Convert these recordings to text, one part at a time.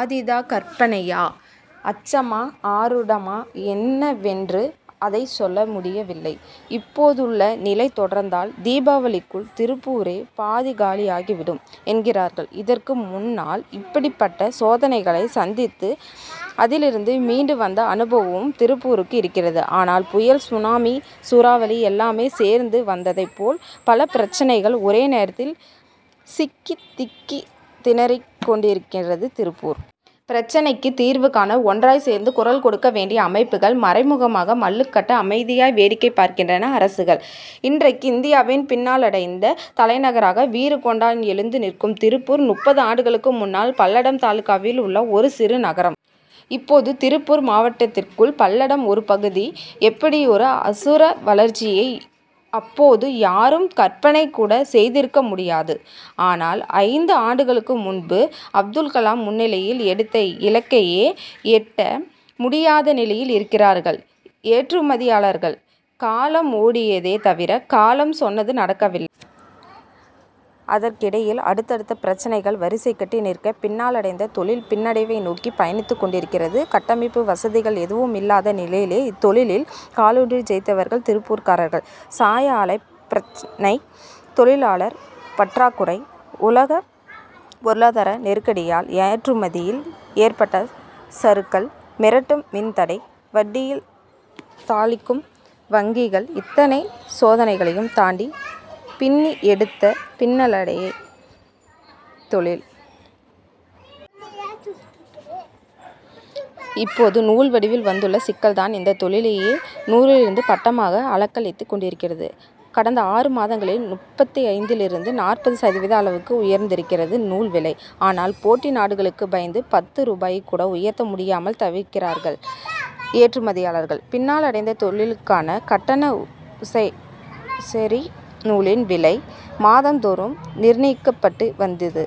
அதீத கற்பனையா, அச்சமா, ஆரூடமா என்னவென்று அதைச் சொல்ல முடிய வில்லை; இப்போதுள்ள நிலை தொடர்ந்தால், தீபாவளிக்குள் திருப்பூரே பாதி காலியாகி விடும் என்கிறார்கள். இதற்கு முன்னாலும் இப்படிப்பட்ட சோதனைகளை சந்தித்து, அதிலிருந்து மீண்டு வந்த அனுபவம், திருப்பூருக்கு இருக்கிறது. ஆனால், புயல், சுனாமி, சூறாவளி எல்லாமே சேர்ந்து வந்ததைப் போல், பல பிரச்னைகளில் ஒரே நேரத்தில் சிக்கி, திக்கித்திணறிக் கொண்டிருக்கிறது திருப்பூர். பிரச்னைக்கு தீர்வு காண, ஒன்றாய்ச் சேர்ந்து குரல் கொடுக்க வேண்டிய அமைப்புகள், மறைமுகமாக மல்லுக்கட்ட, அமைதியாய் வேடிக்கை பார்க்கின்றன அரசுகள். இன் றைக்கு இந்தியாவின் பின்னலாடைத் தலைநகராக வீறு கொண்டு எழுந்து நிற்கும் திருப்பூர், முப்பது ஆண்டுகளுக்கு முன்னால் பல்லடம் தாலுகாவில் உள்ள ஒரு சிறு நகரம். இப்போது திருப்பூர் மாவட்டத்துக்குள் பல்லடம் ஒரு பகுதி. இப்படியொரு அசுர வளர்ச்சியை, அப்போது யாரும் கற்பனை கூட செய்திருக்க முடியாது. ஆனால், ஐந்து ஆண்டுகளுக்கு முன்பு, அப்துல் கலாம் முன்னிலையில் எடுத்த இலக்கையே எட்ட முடியாத நிலையில் இருக்கிறார்கள் ஏற்றுமதியாளர்கள். காலம் ஓடியதே தவிர, கலாம் சொன்னது நடக்கவில்லை. அதற்கிடையில், அடுத்தடுத்து பிரச்னைகள் வரிசை கட்டி நிற்க, பின்னலாடைத் தொழில் பின்னடைவை நோக்கி பயணித்துக் கொண்டிருக்கிறது. கட்டமைப்பு வசதிகள் எதுவும் இல்லாத நிலையிலேயே, இத்தொழிலில் காலூன்றி ஜெயித்தவர்கள் திருப்பூர்காரர்கள். சாய ஆலைப் பிரச்னை, தொழிலாளர் பற்றாக்குறை, உலக பொருளாதார நெருக்கடியால் ஏற்றுமதியில் ஏற்பட்ட சறுக்கல், மிரட்டும் மின் தடை, வட்டியில் தாளிக்கும் வங்கிகள்இத்தனை சோதனைகளையும் தாண்டி, பின்னி எடுத்தது பின்னலாடைத் தொழில். இப்போது நூல் வடிவில் வந்துள்ள சிக்கல்தான், இந்த தொழிலையே நூலறுந்த பட்டமாக அலைக்கழித்துக் கொண்டிருக்கிறது. கடந்த ஆறு மாதங்களில் முப்பத்தைந்திலிருந்து நாற்பது சதவீத அளவுக்கு உயர்ந்திருக்கிறது நூல் விலை. ஆனால், போட்டி நாடுகளுக்குப் பயந்து, பத்து ரூபாயைக் கூட உயர்த்த முடியாமல் தவிக்கிறார்கள் ஏற்றுமதியாளர்கள். பின்னலாடைத் தொழிலுக்கான காட்டன் ஒசைரி நூலின் விலை, மாதந்தோறும் நிர்ணயிக்கப்பட்டு வந்தது.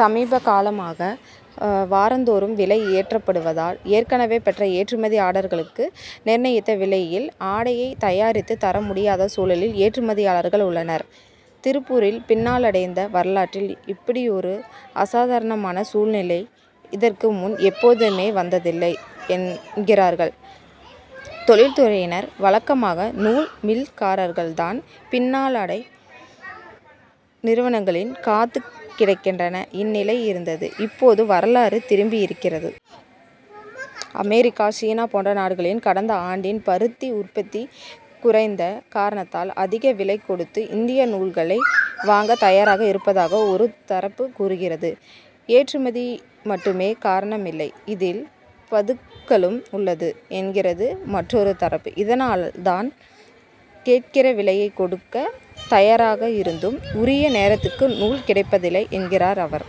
சமீபகாலமாக, வாரந்தோறும் விலை ஏற்றப்படுவதால், ஏற்கனவே பெற்ற ஏற்றுமதி ஆர்டர்களுக்கு, நிர்ணயித்த விலையில், ஆடையைத் தயாரித்துத் தர முடியாத சூழலில் ஏற்றுமதியாளர்கள் உள்ளனர். திருப்பூரின் பின்னலாடை வரலாற்றில், இப்படியொரு அசாதாரணமான சூழ்நிலை, இதற்கு முன் எப்போதுமே வந்ததில்லை என்கிறார்கள் தொழில்துறையினர். வழக்கமாக, நூல் மில்காரர்கள்தான், பின்னலாடை நிறுவனங்களில் காத்துக் கிடக்கின்ற நிலை இருந்தது; இப்போது வரலாறு திரும்பியிருக்கிறது. அமெரிக்கா, சீனா போன்ற நாடுகளில், கடந்த ஆண்டில் பருத்தி உற்பத்தி குறைந்த காரணத்தால், அதிக விலை கொடுத்து இந்திய நூல்களை வாங்கத் தயாராக இருப்பதாக ஒரு தரப்பு கூறுகிறது. ஏற்றுமதி மட்டுமே காரணமில்லை, இதில் பதுக்கலும் உள்ளது என்கிறது மற்றொரு தரப்பு. இதனால்தான், கேட்கிற விலையைக் கொடுக்கத் தயாராயிருந்தும் உரிய நேரத்துக்கு நூல் கிடைப்பதில்லை என்கிறார் அவர்.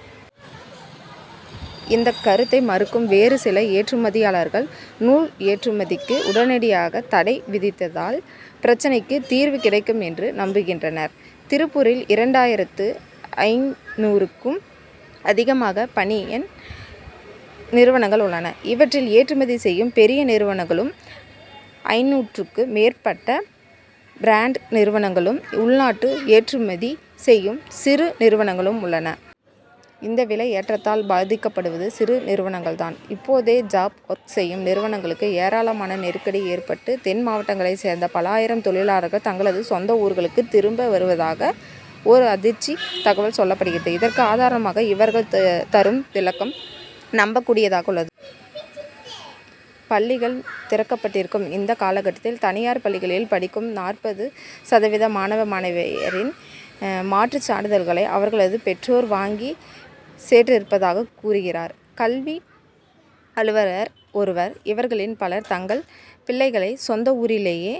இந்த கருத்தை மறுக்கும் வேறு சில ஏற்றுமதியாளர்கள், நூல் ஏற்றுமதிக்கு உடனடியாகத் தடை விதித்தால், பிரச்னைக்கு தீர்வு கிடைக்குமென்று நம்புகின்றனர். திருப்பூரில் இரண்டாயிரத்து ஐந்நூறுக்கும் அதிகமான பனியன் நிறுவனங்கள் உள்ளன. இவற்றில், ஏற்றுமதி செய்யும் பெரிய நிறுவனங்களும், ஐந்நூறுக்கும் மேற்பட்ட பிராண்டடு நிறுவனங்களும், உள்நாட்டு ஏற்றுமதி செய்யும் சிறு நிறுவனங்களும் உள்ளன. இந்த விலையேற்றத்தால், பாதிக்கப்படுவது சிறு நிறுவனங்கள்தான். இப்போதே ஜாப் ஒர்க் செய்யும் நிறுவனங்களுக்கு ஏராளமான நெருக்கடி ஏற்பட்டு, தென் மாவட்டங்களைச் சேர்ந்த பல ஆயிரம் தொழிலாளர்கள், தங்களது சொந்த ஊர்களுக்குத் திரும்பி வருவதாக ஓர் அதிர்ச்சித் தகவல் சொல்லப்படுகிறது. இதற்கு ஆதாரமாக இவர்கள் தரும் விளக்கம், நம்பக் கூடியதாகவும் உள்ளது. பள்ளிகள் திறக்கப்பட்டிருக்கும் இந்த காலகட்டத்தில், தனியார் பள்ளிகளில் படிக்கும் நாற்பது சதவீத மாணவ, மாணவியரின் மாற்று சான்றிதழ்களை அவர்களது பெற்றோர் வாங்கிச் சென்றிருப்பதாகக் கூறுகிறார் கல்வி அலுவலர் ஒருவர். இவர்களில் பலர், தங்கள் பிள்ளைகளை சொந்த ஊரிலேயே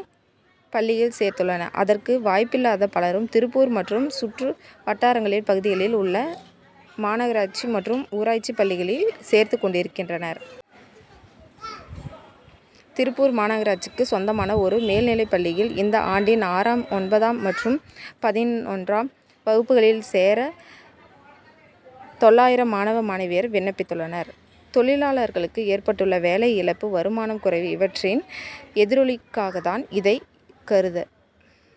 பள்ளியில் சேர்த்துள்ளனர். அதற்கு வாய்ப்பில்லாத பலரும், திருப்பூர் மற்றும் சுற்று வட்டாரப் பகுதிகளில் உள்ள மாநகராட்சி மற்றும் ஊராட்சிப் பள்ளிகளில் சேர்த்துக் கொண்டிருக்கின்றனர். திருப்பூர் மாநகராட்சிக்குச் சொந்தமான ஒரு மேல்நிலைப்பள்ளியில், இந்த ஆண்டில் ஆறாம், ஒன்பதாம் மற்றும் பதினொன்றாம் வகுப்புகளில் சேர தொள்ளாயிரம் மாணவ, மாணவியர் விண்ணப்பித்துள்ளனர். தொழிலாளர்களுக்கு ஏற்பட்டுள்ள வேலை இழப்பு, வருமானம் குறைவு இவற்றின் எதிரொலியாகத்தான் இதைக் கருத